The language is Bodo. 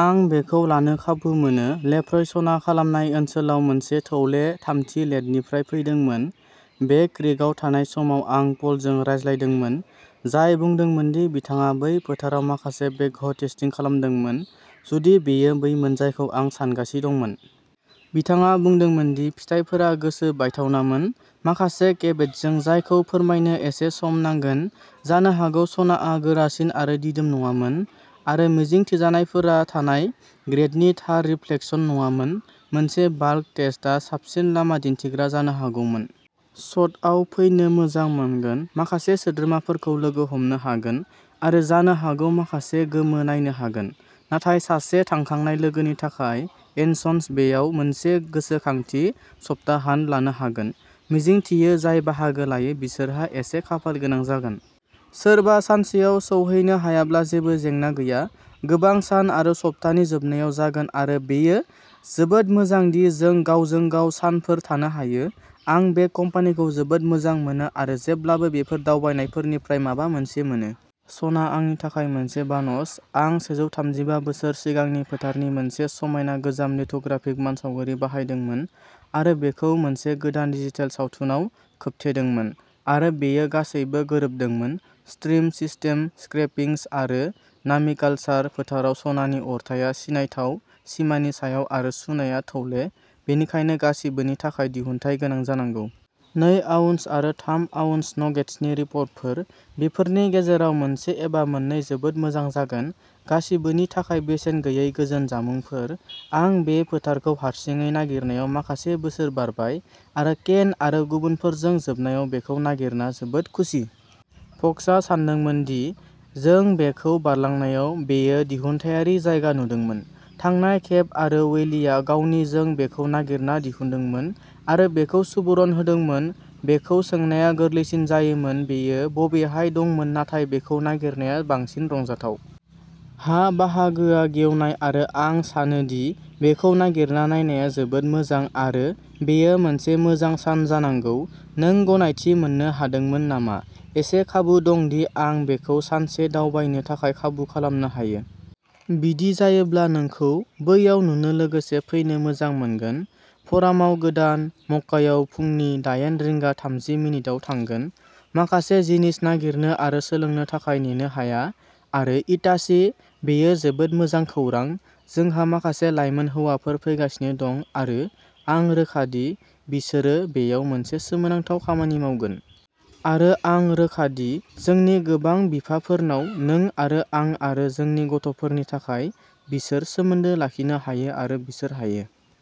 आं बेखौ लानो खाबु मोनो। लेफ्रय सना खामनाय ओनसोलाव मोनसे थौले थामथि लेडनिफ्राय फैदोंमोन। बेक क्रीकआव थानाय समाव आं पलजों रायज्लायदोंमोन, जाय बुंदोंमोन दि बिथाङा बै फोथाराव माखासे बेकह' टेस्टिं खालामदोंमोन, जुदि बेयो बैमोन जायखौ आं सानगासि दंमोन। बिथाङा बुंदोंमोन दि फिथायफोरा गोसो बायथावनामोन, माखासे केभेट्सजों जायखौ फोरमायनो एसे सम नांगोन। जानो हागौ सनाआ गोरासिन आरो दिदोम नङामोन, आरो मिजिंथिजानायफोरा थानाय ग्रेडनि थार रिफ्लेकसन नङामोन। मोनसे बाल्क टेस्टआ साबसिन लामा दिन्थिग्रा जानो हागौमोन। सतआव फैनो मोजां मोनगोन, माखासे सोद्रोमाफोरखौ लोगो हमनो हागोन आरो जानो हागौ माखासे गोमो नायनो हागोन नाथाय सासे थांखांनाय लोगोनि थाखाय एनसन्स बेआव मोनसे गोसोखांथि सप्ताहान्त लानो हागोन। मिजिंथियो जाय बाहागो लायो बिसोरहा एसे खाफालगोनां जागोन। सोरबा सानसेयाव सौहैनो हायाब्ला जेबो जेंना गैया। गोबां सान आरो सप्तानि जोबनायाव जागोन आरो बेयो जोबोद मोजां दि जों गावजों-गाव सानफोर थानो हायो। आं बे कम्पानीखौ जोबोद मोजां मोनो आरो जेब्लाबो बेफोर दावबायनायफोरनिफ्राय माबा मोनसे मोनो। सना आंनि थाखाय मोनसे बानस। आं सेजौथामजिबा बोसोर सिगांनि फोथारनि मोनसे समायना गोजाम लिथ'ग्राफिक मानसावगारि बाहायदोंमोन आरो बेखौ मोनसे गोदान डिजिटेल सावथुनाव खोबथेदोंमोन आरो बेयो गासैबो गोरोबदोंमोन। स्ट्रिम सिस्टेम, स्क्रेपिंस आरो नामिकालसार। फोथाराव सनानि अरथाइया सिनायथाव सिमानि सायाव आरो सुनाया थौले, बेनिखायनो गासिबोनि थाखाय दिहुनथाय गोनां जानांगौ। नै आउन्स आरो थाम आउन्स नगेट्सनि रिपर्टफोर। बेफोरनि गेजेराव मोनसे एबा मोननै, जोबोद मोजां जागोन। गासिबोनि थाखाय बेसेन गैयै गोजोन जामुंफोर। आं बे फोथारखौ हारसिङै नागिरनायाव माखासे बोसोर बारबाय आरो केन आरो गुबुनफोरजों जोबनायाव बेखौ नागिरना जोबोद खुसि। फक्सआ सानदोंमोन दि जों बेखौ बारलांनायाव बेयो दिहुनथायारि जायगा नुदोंमोन। थांनाय खेब। आरो वेलिआ गावनि जों बेखौ नागिरना दिहुनदोंमोन आरो बेखौ सुबुरुन होदोंमोन। बेखौ सोंनाया गोरलैसिन जायोमोन, बेयो बबेहाय दंमोन। नाथाय बेखौ नागिरनाया बांसिन रंजाथाव। हा बाहागोआ गेवनाय आरो आं सानो दि बेखौ नागिरना नायनाया जोबोद मोजां आरो बेयो मोनसे मोजां सान जानांगौ। नों गनायथि मोन्नो हादोंमोन नामा? इसे खाबु दं दि आं बेखौ सानसे दावबायनो थाखाय आबुं खालामनो हायो। बिदि जायोब्ला, नोंखौ बैयाव नुगोन लोगोसे फैनो मोजां मोनगोन, फ'रामाव गोदान। मक्कायाव फुंनि डायेन रिंगा थामजि मिनिताव थांगोन, माखासे जिनिस नागिरनो आरो सोलोंनो थाखाय नेनो हाया। आरो इटासि, बेयो जोबोद मोजां खौरां। जोंहा माखासे लाइमोन हौवाफोर फैगासिनो दं आरो आं रोखा दि बिसोरो बेयाव मोनसे सोमोनांथाव खामानि मावगोन। आरो आं रोखा दि जोंनि गोबां बिफाफोरनाव नों आरो आं आरो जोंनि गथ'फोरनि थाखाय बिसोर सोमोन्दो लाखिनो हायो आरो बिसोर हायो।